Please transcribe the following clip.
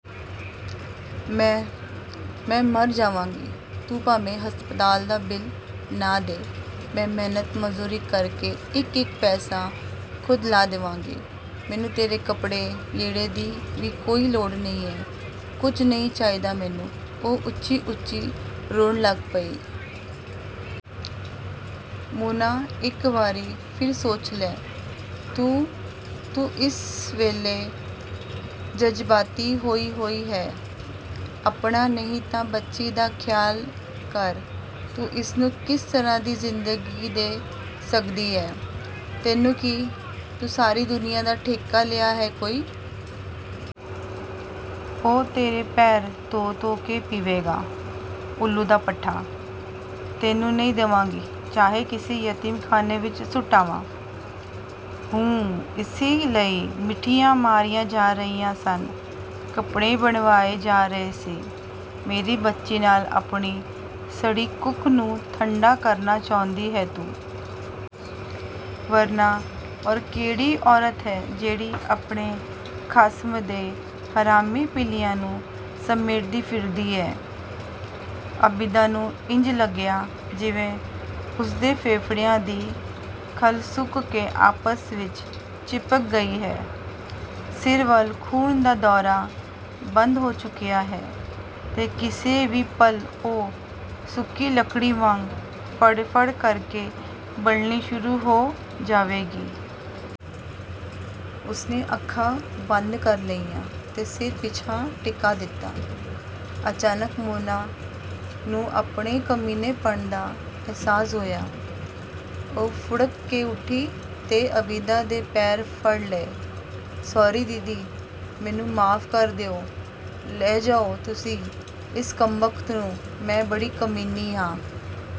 ਮੈਂ, ਮੈਂ ਮਰ ਜਾਵਾਂਗੀ! ਤੂੰ ਭਾਵੇਂ ਹਸਪਤਾਲ ਦਾ ਬਿੱਲ ਨਾ ਦੇ, ਮੈਂ ਮਿਹਨਤ-ਮਜ਼ਦੂਰੀ ਕਰਕੇ ਇੱਕ-ਇੱਕ ਪੈਸਾ ਖ਼ੁਦ ਲਾਹ ਦਿਆਂਗੀ। ਮੈਨੂੰ ਤੇਰੇ ਕੱਪੜੇ-ਲੀੜੇ ਦੀ ਵੀ ਕੋਈ ਲੋੜ ਨਹੀਂ। ਕੁਝ ਨਹੀਂ ਚਾਹੀਦਾ ਮੈਨੂੰ" ਉਹ ਉੱਚੀ-ਉੱਚੀ ਰੋਣ ਲੱਗ ਪਈ। "ਮੋਨਾ ਇੱਕ ਵਾਰੀ ਫਿਰ ਸੋਚ ਲੈ ਤੂੰ, ਤੂੰ ਇਸ ਵੇਲੇ ਜਜ਼ਬਾਤੀ ਹੋਈ-ਹੋਈ ਹੈਂ। ਆਪਣਾ ਨਹੀਂ ਤਾਂ ਬੱਚੀ ਦਾ ਖ਼ਿਆਲ ਕਰ, ਤੂੰ ਇਸਨੂੰ ਕਿਸ ਤਰ੍ਹਾਂ ਦੀ ਜ਼ਿੰਦਗੀ ਦੇ ਸਕਦੀ ਹੈਂ?" "ਤੈਨੂੰ ਕੀ? ਤੂੰ ਸਾਰੀ ਦੁਨੀਆਂ ਦਾ ਠੇਕਾ ਲਿਆ ਹੈ ਕੋਈ! ਉਹ ਤੇਰੇ ਪੈਰ ਧੋ-ਧੋ ਕੇ ਪੀਏਗਾ; ਊੱਲੂ ਦਾ ਪੱਠਾ। ਤੈਨੂੰ ਨਹੀਂ ਦਿਆਂਗੀ ਚਾਹੇ ਕਿਸੇ ਯਤੀਮਖਾਨੇ ਵਿੱਚ ਸੁੱਟ ਆਵਾਂ। ਹੂੰ, ਇਸੇ ਲਈ ਮਿੱਠੀਆਂ ਮਾਰੀਆਂ ਜਾ ਰਹੀਆਂ ਸਨ, ਕੱਪੜੇ ਬਣਵਾਏ ਜਾ ਰਹੇ ਸੀ, ਮੇਰੀ ਬੱਚੀ ਨਾਲ ਆਪਣੀ ਸੜੀ ਕੁੱਖ ਨੂੰ ਠੰਡਾ ਕਰਨਾ ਚਾਹੁੰਦੀ ਹੈਂ ਤੂੰ? ਵਰਨਾ ਹੋਰ ਕਿਹੜੀ ਔਰਤ ਹੈ, ਜਿਹੜੀ ਆਪਣੇ ਖਸਮ ਦੇ ਹਰਾਮੀ ਪਿੱਲਿਆਂ ਨੂੰ ਸਮੇਟਦੀ ਫਿਰਦੀ ਹੈ!" ਆਬਿਦਾ ਨੂੰ ਇੰਜ ਲੱਗਿਆ ਜਿਵੇਂ ਉਸਦੇ ਫੇਫੜਿਆਂ ਦੀ ਖੱਲ ਸੁੱਕ ਕੇ ਆਪਸ ਵਿੱਚ ਚਿਪਕ ਗਈ ਹੈ। ਸਿਰ ਵੱਲ ਖ਼ੂਨ ਦਾ ਦੌਰਾ ਬੰਦ ਹੋ ਚੁੱਕਿਆ ਹੈ, ਤੇ ਕਿਸੇ ਵੀ ਪਲ ਉਹ ਸੁੱਕੀ ਲੱਕੜੀ ਵਾਂਗ ਭੜਭੜ ਕਰਕੇ ਬਲਣੀ ਸ਼ੁਰੂ ਹੋ ਜਾਏਗੀ। ਉਸਨੇ ਅੱਖਾਂ ਬੰਦ ਕਰ ਲਈਆਂ ਤੇ ਸਿਰ ਪਿਛਾਂਹ ਟਿਕਾ ਦਿੱਤਾ। ਅਚਾਨਕ ਮੋਨਾ ਨੂੰ ਆਪਣੇ ਕਮੀਨੇਪਣ ਦਾ ਅਹਿਸਾਸ ਹੋਇਆ। ਉਹ ਭੁੜਕ ਕੇ ਉੱਠੀ ਤੇ ਆਬਿਦਾ ਦੇ ਪੈਰ ਫੜ ਲਏ"ਸੌਰੀ ਦੀਦੀ, ਮੈਨੂੰ ਮੁਆਫ਼ ਕਰ ਦਿਓ, ਲੈ ਜਾਓ ਤੁਸੀਂ ਇਸ ਕੰਮਬਖ਼ਤ ਨੂੰ, ਮੈਂ ਬੜੀ ਕਮੀਨੀ ਹਾਂ।